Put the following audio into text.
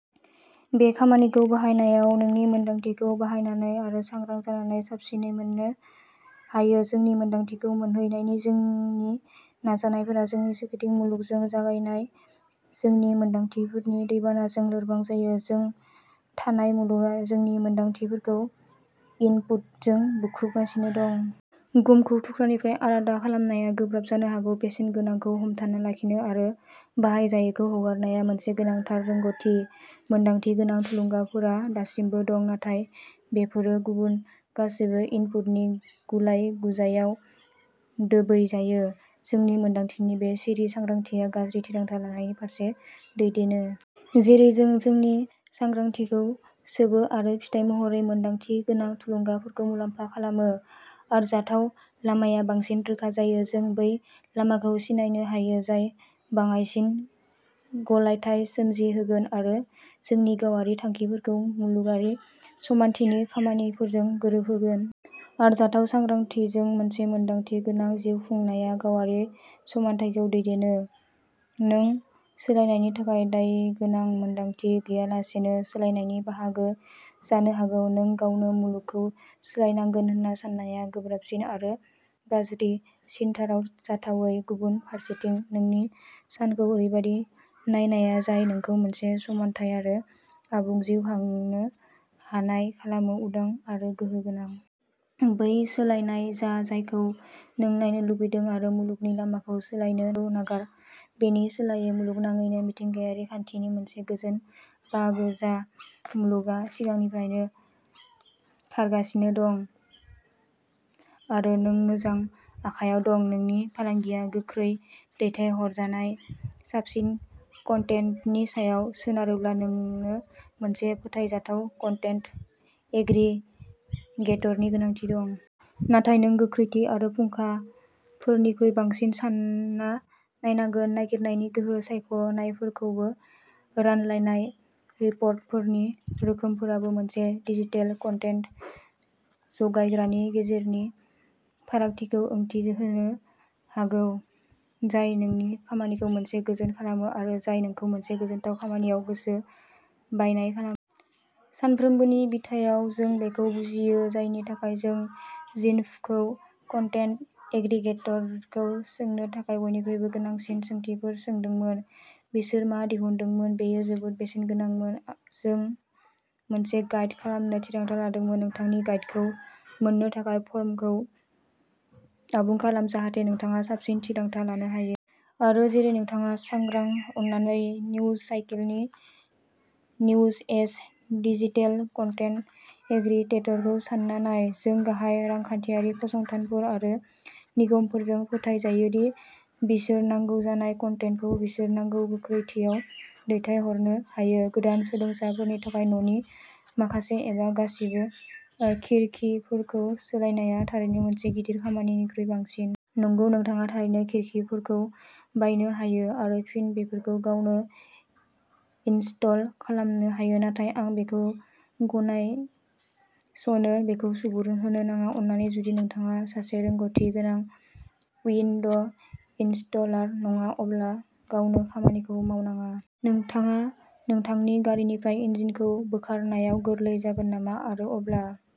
बे खामानिखौ बाहायनायाव नोंनि मोनदांथिखौ बाहायनानै आरो सांग्रां जानानै साबसिनै मोन्नो हायो। जोंनि मोनदांथिखौ मोनहैनायनि जोंनि नाजानायफोरा जोंनि सोरगिदिं मुलुगजों जगायजानाय जोंनि मोनदांथिफोरनि दैबानाजों लोरबां जायो। जों थानाय मुलुगआ जोंनि मोनदांथिफोरखौ इनपुटजों बुख्रुबगासिनो दं। गमखौ थुख्रानिफ्राय आलादा खालामनाया गोब्राब जानो हागौ। बेसेनगोनांखौ हमथाना लाखिनो आरो बाहायजायैखौ हगारनाया मोनसे गोनांथार रोंग'थि। मोनदांथि गोनां थुलुंगाफोरा दासिमबो दं, नाथाय बेफोरो गुबुन गासैबो इनपुटनि गुलाय-गुजायआव दोबैजायो। जोंनि मोनदांथिनि बे सिरि सांग्रांथिया गाज्रि थिरांथा लानायनि फारसे दैदेनो। जेरै जों जोंनि सांग्रांथिखौ सोबो आरो फिथाय महरै मोनदांथि गोनां थुलुंगाफोरखौ मुलाम्फा खालामो, आरजाथाव लामाया बांसिन रोखा जायो। जों बै लामाखौ सिनायनो हायो जाय बाङाइसिन गलायथाय सोमजिहोगोन आरो जोंनि गावारि थांखिफोरखौ मुलुगारि समानथिनि खामानिफोरजों गोरोबहोगोन। आरजाथाव सांग्रांथिजों मोनसे मोनदांथि गोनां जिउ खुंनाया गावारि समान्थायखौ दैदेनो। नों सोलायनायनि थाखाय दायगोनां मोन्दांथि गैयालासेनो सोलायनायनि बाहागो जानो हागौ। नों गावनो मुलुगखौ सोलायनांगोन होन्ना साननाया गोब्राबसिन आरो गाज्रिसिनथाराव जाथावै। गुबुन फारसेथिं, नोंनि सानखौ ओरैबायदि नायनाया जाय नोंखौ मोनसे समानथाय आरो आबुं जिउ खांनो हानाय खालामो, उदां आरो गोहो गोनां। बै सोलायनाय जा जायखौ नों नायनो लुगैदों आरो मुलुगनि लामाखौ सोलायनो नाजानायखौ नागार। बेनि सोलायै मुलुगनाङैनो मिथिंगायारि खान्थिनि मोनसे गोजोन बाहागो जा। मुलुगआ सिगांनिफ्रायनो खारगासिनो दं आरो नों मोजां आखायाव दं। नोंनि फालांगिया गोख्रै दैथायहरजानाय साबसिन कन्टेन्टनि सायाव सोनारोब्ला, नोंनो मोनसे फोथायजाथाव कन्टेन्ट एग्रिगेटरनि गोनांथि दं। नाथाय नों गोख्रैथि आरो फुंखाफोरनिख्रुइ बांसिन सान्ना नायनांगोन-नागिरनायनि गोहो, सायख'नायफोरखौ रानलायनाय, रिपर्टफोरनि रोखोमफोराबो मोनसे डिजिटेल कन्टेन्ट जगायग्रानि गेजेरनि फारागथिखौ ओंथि होनो हागौ जाय नोंनि खामानिखौ मोनसे गोजोन खालामो आरो जाय नोंखौ मोनसे गोजोनथाव खामानियाव गोसो बायनाय खालामो। सानफ्रोमबोनि बिथायाव। जों बेखौ बुजियो, जायनि थाखाय जों जिनफ'खौ कन्टेन्ट एग्रिगेटरखौ सोंनो थाखाय बयनिख्रुइबो गोनांसिन सोंथिफोर सोंदोंमोन। बिसोर मा दिहुनदोंमोन बेयो जोबोद बेसेनगोनांमोन, जों बेखौ मोनसे गाइड खालामनो थिरांथा लादोंमोन। नोंथांनि गाइडखौ मोन्नो थाखाय फर्मखौ आबुं खालाम जाहाथे नोंथाङा साबसिन थिरांथा लानो हायो।... आरो जेरै नोंथाङा सांग्रां, अन्नानै निउजसाइकेलनि निउजएज डिजिटेल कन्टेन्ट एग्रिगेटरखौ सान्ना नाय। जों गाहाय रांखान्थियारि फसंथानफोर आरो निगमफोरजों फोथायजायो दि बिसोर नांगौ जानाय कन्टेन्टखौ बिसोर नांगौ गोख्रैथियाव दैथायहरनो हायो। गोदान सोलोंसाफोरनि थाखाय, न'नि माखासे एबा गासिबो खिरखिफोरखौ सोलायनाया थारैनो मोनसे गिदिर खामानिनिख्रुइ बांसिन। नंगौ, नोंथाङा थारैनो खिरखिफोरखौ बायनो हायो आरो फिन बेफोरखौ गावनो इनस्टल खालामनो हायो, नाथाय आं बेखौ गनायस'नो, बेखौ सुबुरुन होनो नाङा। अन्नानै, जुदि नोंथाङा सासे रोंग'थि गोनां उइन्ड'इनस्टलार नङा, अब्ला गावनो खामानिखौ मावनाङा। नोंथाङा नोंथांनि गारिनिफ्राय इन्जिनखौ बोखारनायाव गोरलै जागोन नामा आरो अब्ला